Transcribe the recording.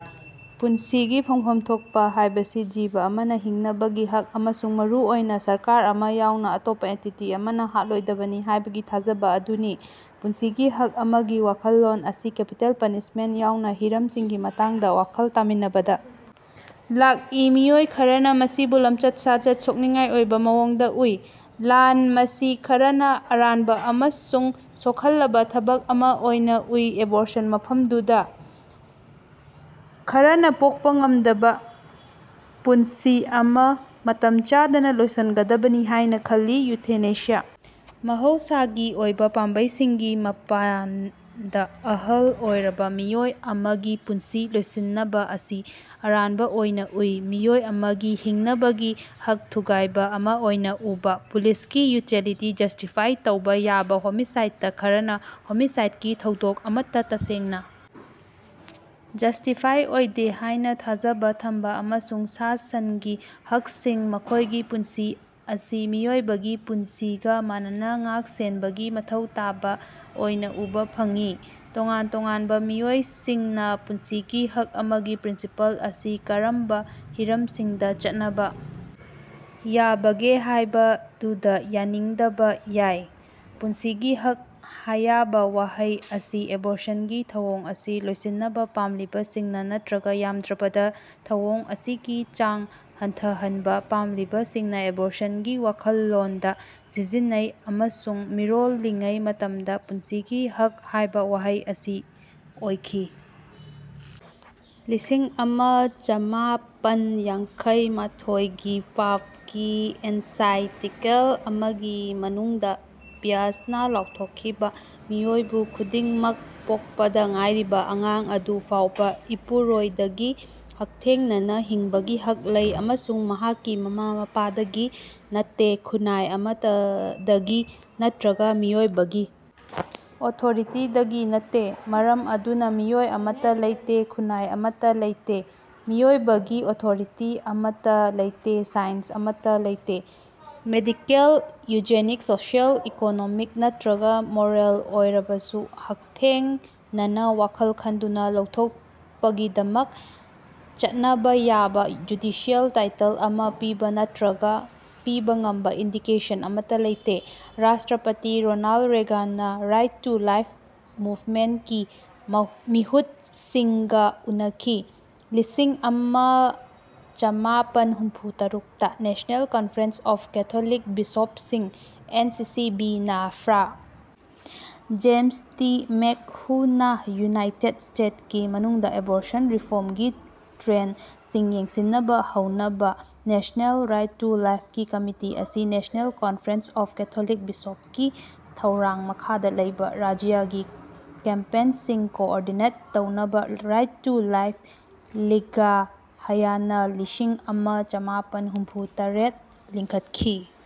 ꯄꯨꯟꯁꯤꯒꯤ ꯐꯪꯐꯝ ꯊꯣꯛꯄ ꯍꯥꯏꯕꯁꯤ ꯖꯤꯕ ꯑꯃꯅꯥ ꯍꯤꯡꯅꯕꯒꯤ ꯍꯛ ꯑꯃꯁꯨꯡ ꯃꯔꯨꯑꯣꯏꯅꯥ ꯁꯔꯀꯥꯔ ꯑꯃꯥ ꯌꯥꯎꯅꯥ ꯑꯇꯣꯞꯄꯥ ꯑꯦꯟꯇꯤꯇꯤ ꯑꯃꯅꯥ ꯍꯥꯠꯂꯣꯏꯗꯕꯅꯤ ꯍꯥꯏꯕꯒꯤ ꯊꯥꯖꯕꯥ ꯑꯗꯨꯅꯤ꯫ ꯄꯨꯟꯁꯤꯒꯤ ꯍꯛ ꯑꯃꯒꯤ ꯋꯥꯈꯜꯂꯣꯟ ꯑꯁꯤ ꯀꯦꯄꯤꯇꯦꯜ ꯄꯅꯤꯁꯃꯦꯟꯠ ꯌꯥꯎꯅꯥ ꯍꯤꯔꯝꯁꯤꯡꯒꯤ ꯃꯇꯥꯡꯗꯥ ꯋꯥꯈꯜ ꯇꯥꯃꯤꯟꯅꯕꯗꯥ ꯂꯥꯛꯏ ꯃꯤꯑꯣꯏ ꯈꯔꯅꯥ ꯃꯁꯤꯕꯨ ꯂꯝꯆꯠ ꯁꯥꯖꯠ ꯁꯣꯛꯅꯤꯡꯉꯥꯏ ꯑꯣꯏꯕꯥ ꯃꯑꯣꯡꯗꯥ ꯎꯏ ꯂꯥꯟ ꯃꯁꯤ ꯈꯔꯅꯥ ꯑꯔꯥꯟꯕꯥ ꯑꯃꯁꯨꯡ ꯁꯣꯛꯍꯜꯂꯕꯥ ꯊꯕꯛ ꯑꯃꯥ ꯑꯣꯏꯅꯥ ꯎꯏ ꯑꯦꯕꯣꯔꯁꯟ ꯃꯐꯝꯗꯨꯗꯥ ꯈꯔꯅꯥ ꯄꯣꯛꯄꯥ ꯉꯝꯗꯕꯥ ꯄꯨꯟꯁꯤ ꯑꯃꯥ ꯃꯇꯝ ꯆꯥꯗꯅꯥ ꯂꯣꯏꯁꯤꯟꯒꯗꯕꯅꯤ ꯍꯥꯏꯅꯥ ꯈꯜꯂꯤ ꯏꯎꯊꯅꯦꯁꯤꯌꯥ ꯃꯍꯧꯁꯥꯒꯤ ꯑꯣꯏꯕꯥ ꯄꯥꯝꯕꯩꯁꯤꯡꯒꯤ ꯃꯄꯥꯟꯗꯥ ꯑꯍꯜ ꯑꯣꯏꯔꯕꯥ ꯃꯤꯑꯣꯏ ꯑꯃꯒꯤ ꯄꯨꯟꯁꯤ ꯂꯣꯏꯁꯤꯅꯕꯥ ꯑꯁꯤ ꯑꯔꯥꯟꯕꯥ ꯑꯣꯏꯅꯥ ꯎꯏ ꯃꯤꯑꯣꯏ ꯑꯃꯒꯤ ꯍꯤꯡꯅꯕꯒꯤ ꯍꯛ ꯊꯨꯒꯥꯏꯕꯥ ꯑꯃꯥ ꯑꯣꯏꯅꯥ ꯎꯕꯥ ꯄꯨꯂꯤꯁꯀꯤ ꯕ꯭ꯔꯨꯇꯦꯂꯤꯇꯤ ꯖꯁ꯭ꯇꯤꯐꯥꯏ ꯇꯧꯕꯥ ꯌꯥꯕꯥ ꯍꯣꯃꯤꯁꯥꯏꯗ ꯈꯔꯅꯥ ꯍꯣꯃꯤꯁꯥꯏꯗꯀꯤ ꯊꯧꯗꯣꯛ ꯑꯃꯠꯇꯥ ꯇꯁꯦꯡꯅꯥ ꯖꯁ꯭ꯇꯤꯐꯥꯏꯗ ꯑꯣꯏꯗꯦ ꯍꯥꯏꯅꯥ ꯊꯥꯖꯕꯥ ꯊꯝꯕꯥ ꯑꯃꯁꯨꯡ ꯁꯥ ꯁꯟꯒꯤ ꯍꯛꯁꯤꯡ ꯃꯈꯣꯏꯒꯤ ꯄꯨꯟꯁꯤ ꯑꯁꯤ ꯃꯤꯑꯣꯏꯕꯒꯤ ꯄꯨꯟꯁꯤꯒꯥ ꯃꯥꯟꯅꯅꯥ ꯉꯥꯛ ꯁꯦꯅꯕꯒꯤ ꯃꯊꯧ ꯇꯥꯕꯥ ꯑꯣꯏꯅꯥ ꯎꯕꯥ ꯐꯪꯏ꯫ ꯇꯣꯉꯥꯟ ꯇꯣꯉꯥꯟꯕꯥ ꯃꯤꯑꯣꯏꯁꯤꯡꯅꯥ ꯄꯨꯟꯁꯤꯒꯤ ꯍꯛ ꯑꯃꯒꯤ ꯄ꯭ꯔꯤꯟꯁꯤꯄꯜ ꯑꯁꯤ ꯀꯔꯝꯕꯥ ꯍꯤꯔꯝꯁꯤꯡꯗꯥ ꯆꯠꯅꯕꯥ ꯌꯥꯕꯒꯦ ꯍꯥꯏꯕꯗꯨꯗꯥ ꯌꯥꯅꯤꯡꯗꯕꯥ ꯌꯥꯏ꯫ ꯄꯨꯟꯁꯤꯒꯤ ꯍꯛ ꯍꯥꯌꯕꯥ ꯋꯥꯍꯩ ꯑꯁꯤ ꯑꯦꯕꯣꯔꯁꯟꯒꯤ ꯊꯧꯑꯣꯡ ꯑꯁꯤ ꯂꯣꯏꯁꯤꯅꯕꯥ ꯄꯥꯝꯂꯤꯕꯁꯤꯡꯅꯥ ꯅꯠꯇ꯭ꯔꯒꯥ ꯌꯥꯝꯗ꯭ꯔꯕꯗꯥ ꯊꯧꯑꯣꯡ ꯑꯁꯤꯒꯤ ꯆꯥꯡ ꯍꯟꯊꯍꯟꯕꯥ ꯄꯥꯝꯂꯤꯕꯁꯤꯡꯅꯥ ꯑꯦꯕꯣꯔꯁꯟꯒꯤ ꯋꯥꯈꯜꯂꯣꯟꯗꯥ ꯁꯤꯖꯤꯟꯅꯩ ꯑꯃꯁꯨꯡ ꯃꯤꯔꯣꯜꯂꯤꯉꯩ ꯃꯇꯝꯗꯥ ꯄꯨꯟꯁꯤꯒꯤ ꯍꯛ ꯍꯥꯏꯕꯥ ꯋꯥꯍꯩ ꯑꯁꯤ ꯑꯣꯏꯈꯤ꯫ ꯂꯤꯁꯤꯡ ꯑꯃ ꯆꯃꯥꯄꯟ ꯌꯥꯡꯈꯩꯃꯥꯊꯣꯏꯒꯤ ꯄꯥꯞꯀꯤ ꯑꯦꯟꯁꯥꯏꯇꯤꯀꯦꯜ ꯑꯃꯒꯤ ꯃꯅꯨꯡꯗꯥ ꯄꯣꯞ ꯄꯤꯌꯁ ꯅꯥ ꯂꯥꯎꯊꯣꯛꯈꯤꯕꯥ ꯃꯤꯑꯣꯏꯕꯥ ꯈꯨꯗꯤꯡꯃꯛ ꯄꯣꯛꯄꯗꯥ ꯉꯥꯏꯔꯤꯕꯥ ꯑꯉꯥꯡ ꯑꯗꯨ ꯐꯥꯎꯕꯥ ꯏꯄꯨꯔꯣꯏꯗꯒꯤ ꯍꯛꯊꯦꯡꯅꯅꯥ ꯍꯤꯡꯕꯒꯤ ꯍꯛ ꯂꯩ ꯑꯃꯁꯨꯡ ꯃꯍꯥꯛꯀꯤ ꯃꯃꯥ ꯃꯄꯥꯗꯒꯤ ꯅꯠꯇꯦ ꯈꯨꯟꯅꯥꯏ ꯑꯃꯠꯇꯗꯒꯤ ꯅꯠꯇ꯭ꯔꯒꯥ ꯃꯤꯑꯣꯏꯕꯒꯤ ꯑꯣꯊꯣꯔꯤꯇꯤꯗꯒꯤ ꯅꯠꯇꯦ꯫ ꯃꯔꯝ ꯑꯗꯨꯅꯥ ꯃꯤꯑꯣꯏ ꯑꯃꯠꯇꯥ ꯂꯩꯇꯦ ꯈꯨꯟꯅꯥꯏ ꯑꯃꯠꯇꯥ ꯂꯩꯇꯦ ꯃꯤꯑꯣꯏꯕꯒꯤ ꯑꯣꯊꯣꯔꯤꯇꯤ ꯑꯃꯠꯇꯥ ꯂꯩꯇꯦ ꯁꯥꯏꯟꯁ ꯑꯃꯠꯇꯥ ꯂꯩꯇꯦ ꯃꯦꯗꯤꯀꯦꯜ ꯏꯎꯖꯦꯅꯤꯛ ꯁꯣꯁꯤꯑꯦꯜ ꯏꯀꯣꯅꯣꯃꯤꯛ ꯅꯠꯇ꯭ꯔꯒꯥ ꯃꯣꯔꯦꯜ ꯑꯣꯏꯔꯕꯁꯨ ꯍꯛꯊꯦꯡꯅꯅꯥ ꯋꯥꯈꯜ ꯈꯟꯗꯨꯅꯥ ꯂꯧꯊꯣꯛꯄꯒꯤꯗꯃꯛ ꯆꯠꯅꯕꯥ ꯌꯥꯕꯥ ꯖꯨꯗꯤꯁꯤꯑꯦꯜ ꯇꯥꯏꯇꯜ ꯑꯃꯥ ꯄꯤꯕꯥ ꯅꯠꯇ꯭ꯔꯒꯥ ꯄꯤꯕꯥ ꯉꯝꯕꯥ ꯏꯟꯗꯤꯀꯦꯁꯟ ꯑꯃꯠꯇꯥ ꯂꯩꯇꯦ꯫ ꯔꯥꯁ꯭ꯇꯔꯄꯇꯤ ꯔꯣꯅꯥꯜꯗ ꯔꯦꯒꯥꯅꯅꯥ ꯔꯥꯏꯠ ꯇꯨ ꯂꯥꯏꯐ ꯃꯨꯕꯃꯦꯟꯠꯀꯤ ꯃꯤꯍꯨꯠꯁꯤꯡꯒꯥ ꯎꯅꯈꯤ꯫ ꯂꯤꯁꯤꯡ ꯑꯃ ꯆꯃꯥꯄꯟ ꯍꯨꯝꯐꯨ ꯇꯔꯨꯛꯇ ꯅꯦꯁ꯭ꯅꯦꯜ ꯀꯅꯐꯔꯦꯟꯁ ꯑꯣꯐ ꯀꯦꯊꯣꯂꯤꯛ ꯕꯤꯁꯣꯞꯁꯤꯡ ꯑꯦꯟ ꯁꯤ ꯁꯤ ꯕꯤ ꯅꯥ ꯐ꯭ꯔꯥ. ꯖꯦꯝꯁ ꯇꯤ ꯃꯦꯛꯍꯨꯅꯥ ꯌꯨꯅꯥꯏꯇꯦꯗ ꯁ꯭ꯇꯦꯇꯁꯀꯤ ꯃꯅꯨꯡꯗꯥ ꯑꯦꯕꯣꯔꯁꯟ ꯔꯤꯐꯣꯔ꯭ꯝꯒꯤ ꯇ꯭ꯔꯦꯟꯗꯁꯤꯡ ꯌꯦꯡꯁꯤꯅꯕꯥ ꯍꯧꯅꯕꯥ꯫ National right to life committee ꯑꯁꯤ ꯅꯦꯁꯅꯦꯜ ꯀꯅꯐꯔꯦꯟꯁ ꯑꯣꯐ ꯀꯦꯊꯣꯂꯤꯛ ꯕꯤꯁꯣꯞꯀꯤ ꯊꯧꯔꯥꯡ ꯃꯈꯥꯗꯥ ꯂꯩꯕꯥ ꯔꯥꯖ꯭ꯌꯒꯤ ꯀꯦꯝꯄꯦꯟꯁꯤꯡ ꯀꯣꯑꯣꯔꯗꯤꯅꯦꯠ ꯇꯧꯅꯕꯥ ꯔꯥꯏꯠ ꯇꯨ ꯂꯥꯏꯐ ꯂꯤꯒ ꯍꯥꯌꯅꯥ ꯂꯤꯁꯤꯡ ꯑꯃ ꯆꯃꯥꯄꯟ ꯍꯨꯝꯐꯨ ꯇꯔꯦꯠꯇ ꯂꯤꯡꯈꯠꯈꯤ꯫